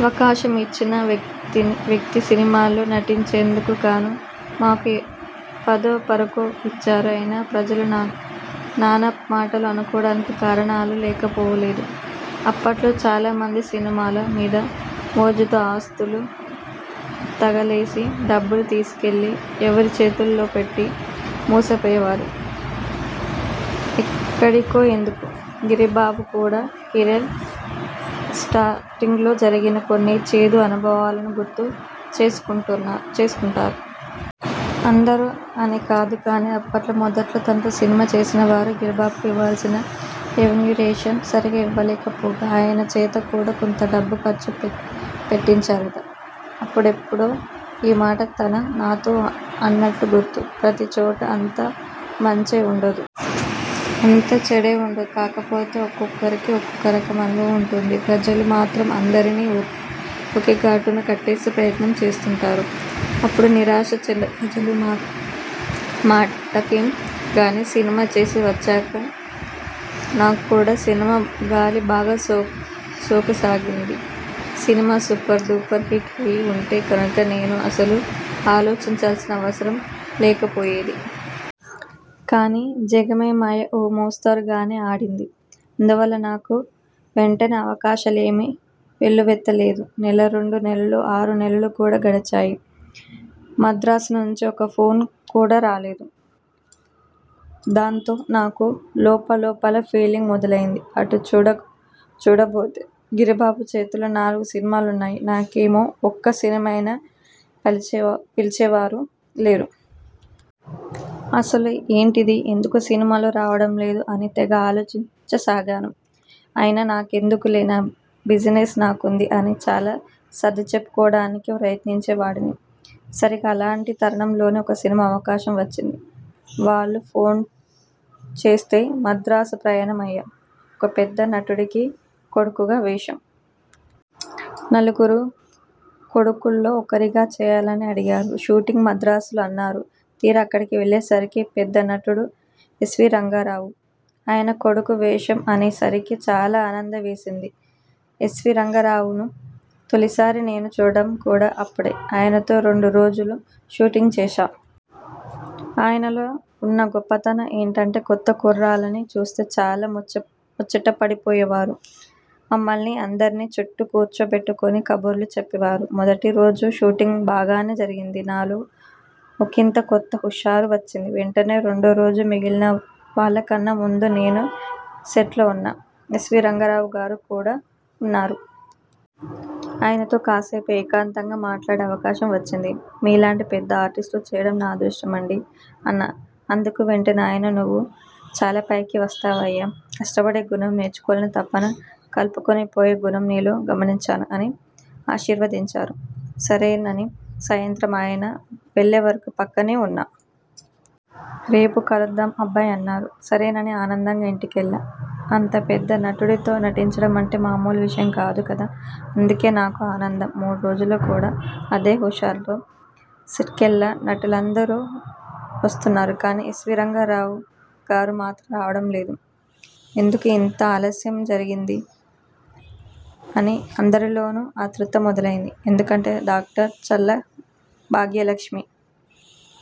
అవకాశం ఇచ్చిన వ్యక్తి సినిమాలో నటించినందుకు గానూ మాకు పదో, పరకో ఇచ్చారు. అయినా, ప్రజలు నానా మాటలు అనుకోవడానికి కారణాలు లేకపోలేదు. అప్పట్లో చాలామంది సినిమాల మీద మోజుతో ఆస్తులు తగలేసి డబ్బులు తీసుకెళ్లి ఎవరి చేతిలోనోపెట్టి మోసపోయేవారు. ఎక్కడికో ఎందుకు? గిరిబాబు కూడా కెరీర్ స్టార్టింగ్లో జరిగిన కొన్ని చేదు అనుభవాలను గుర్తు చేసుకుంటారు. అందరూ అని కాదు కానీ, అప్పట్లో మొదట్లో తనతో సినిమా చేసినవారు గిరిబాబుకు ఇవ్వాల్సిన రెమ్యూనరేషన్ సరిగా ఇవ్వలేకపోగా, ఆయన చేత కూడా కొంత డబ్బు ఖర్చు పెట్టించారట. అప్పుడెప్పుడో ఈ మాట తను నాతో అన్నట్టు గుర్తు. ప్రతి చోటా అంతా మంచే ఉండదు. అంతా చెడే ఉండదు. కాకపోతే ఒక్కొక్కరికీ ఒక్కోరకం అనుభవం ఉంటుంది. ప్రజలు మాత్రం అందరినీ ఒకేగాటున కట్టేసి ప్రయత్నం చేస్తుంటారు. అప్పుడు నిరాశ చెందా ప్రజల మాటకేం గానీ, సినిమా చేసి వచ్చాక నాక్కూడా సినిమా గాలి బాగా సోకసాగింది. సినిమా సూపర్ డూపర్ హిట్ అయి ఉంటే గనుక నేను అసలు ఆలోచించాల్సిన అవసరం లేకపోయేది. కానీ 'జగమేమాయ' ఓ మోస్తరుగానే ఆడింది. అందువల్ల నాకు వెంటనే అవకాశాలేమీ వెల్లువెత్తలేదు. నెలా, రెండు నెలలూ, ఆరు నెలలు కూడా గడిచాయి. మద్రాసునుంచి ఒక్కఫోన్ కూడా రాలేదు. దాంతో నాకు లోపల్లోపల ఫీలింగ్ మొదలైంది. అటు చూడబోతే గిరిబాబుచేతిలో నాలుగు సినిమాలున్నాయి. నాకేమో ఒక్క సినిమాకైనా పిలిచేవారు లేరు. అసలు ఏంటిది? ఎందుకు సినిమాలు రావడం లేదు? అని తెగ ఆలోచించసాగాను. అయినా నాకెందుకులే, నా బిజినెస్ నాకుంది అని చాలా సర్దిచెప్పుకోవడానికి ప్రయత్నించేవాడిని. సరిగా అలాంటి తరుణంలోనే ఒక సినిమా అవకాశం వచ్చింది. వాళ్లు ఫోన్చేస్తే మద్రాసు ప్రయాణం అయ్యా. ఓ పెద్ద నటుడికి కొడుకుగా వేషం. నలుగురు కొడుకుల్లో ఒకరిగా చేయాలని అడిగారు. షూటింగ్ మద్రాసులో అన్నారు. తీరా అక్కడికి వెళ్లేసరికి పెద్ద నటుడు ఎస్వీ రంగరావు. ఆయన కొడుకు వేషం అనే సరికి చాలా ఆనందమేసింది. ఎస్వీరంగారావును తొలిసారి నేను చూడటం కూడా అప్పుడే. ఆయనతో రెండు రోజులు షూటింగ్ చేశా. ఆయనలో ఉన్న గొప్పతనం ఏంటంటే కొత్త కుర్రాళ్లని చూస్తే చాలా ముచ్చటపడిపోయేవారు. మమ్మల్ని అందర్నీ చుట్టూ కూర్చోబెట్టుకుని కబుర్లు చెప్పేవారు. మొదటిరోజు షూటింగ్ బాగానే జరిగింది. నాలో ఒకింత కొత్త హుషారు వచ్చింది. వెంటనే రెండోరోజు మిగిలిన వాళ్లకన్నా ముందు నేను సెట్లో ఉన్నా. ఎస్వీ రంగారావుగారు కూడా ఉన్నారు. ఆయనతో కాసేపు ఏకాంతంగా మాట్లాడే అవకాశం వచ్చింది. 'మీలాంటి పెద్ద ఆర్టిస్టుతో చేయడం నా అదృష్టమండీ' అన్నా. అందుకు వెంటనే ఆయన 'నువ్వు చాలా పైకి వస్తావయ్యా. కష్టపడే గుణం, నేర్చుకోవాలనే తపన, కలుపుకుని పోయే గుణం నీలో గమనించాను' అని ఆశీర్వదించారు. సరేనని సాయంత్రం ఆయన వెళ్లేవరకు పక్కనే ఉన్నా. 'రేపు కలుద్దాం అబ్బాయ్' అన్నారు. సరేనని ఆనందంగా ఇంటికెళ్లా. అంతపెద్ద నటుడితో నటించడమంటే మామూలు విషయం కాదు కదా! అందుకే నాకు ఆనందం. మూడోరోజు కూడా అదే హుషారుతో సెట్కెళ్లా. నటీనటులందరూ వస్తున్నారు కానీ ఎస్వీ రంగారావుగారు మాత్రం రావడం లేదు. ఎందుకు ఇంత ఆలస్యం జరిగింది? అని అందరిలోనూ ఆత్రుత మొదలైంది. ఎందుకంటే డాక్టర్ చల్లా భాగ్యలక్ష్మి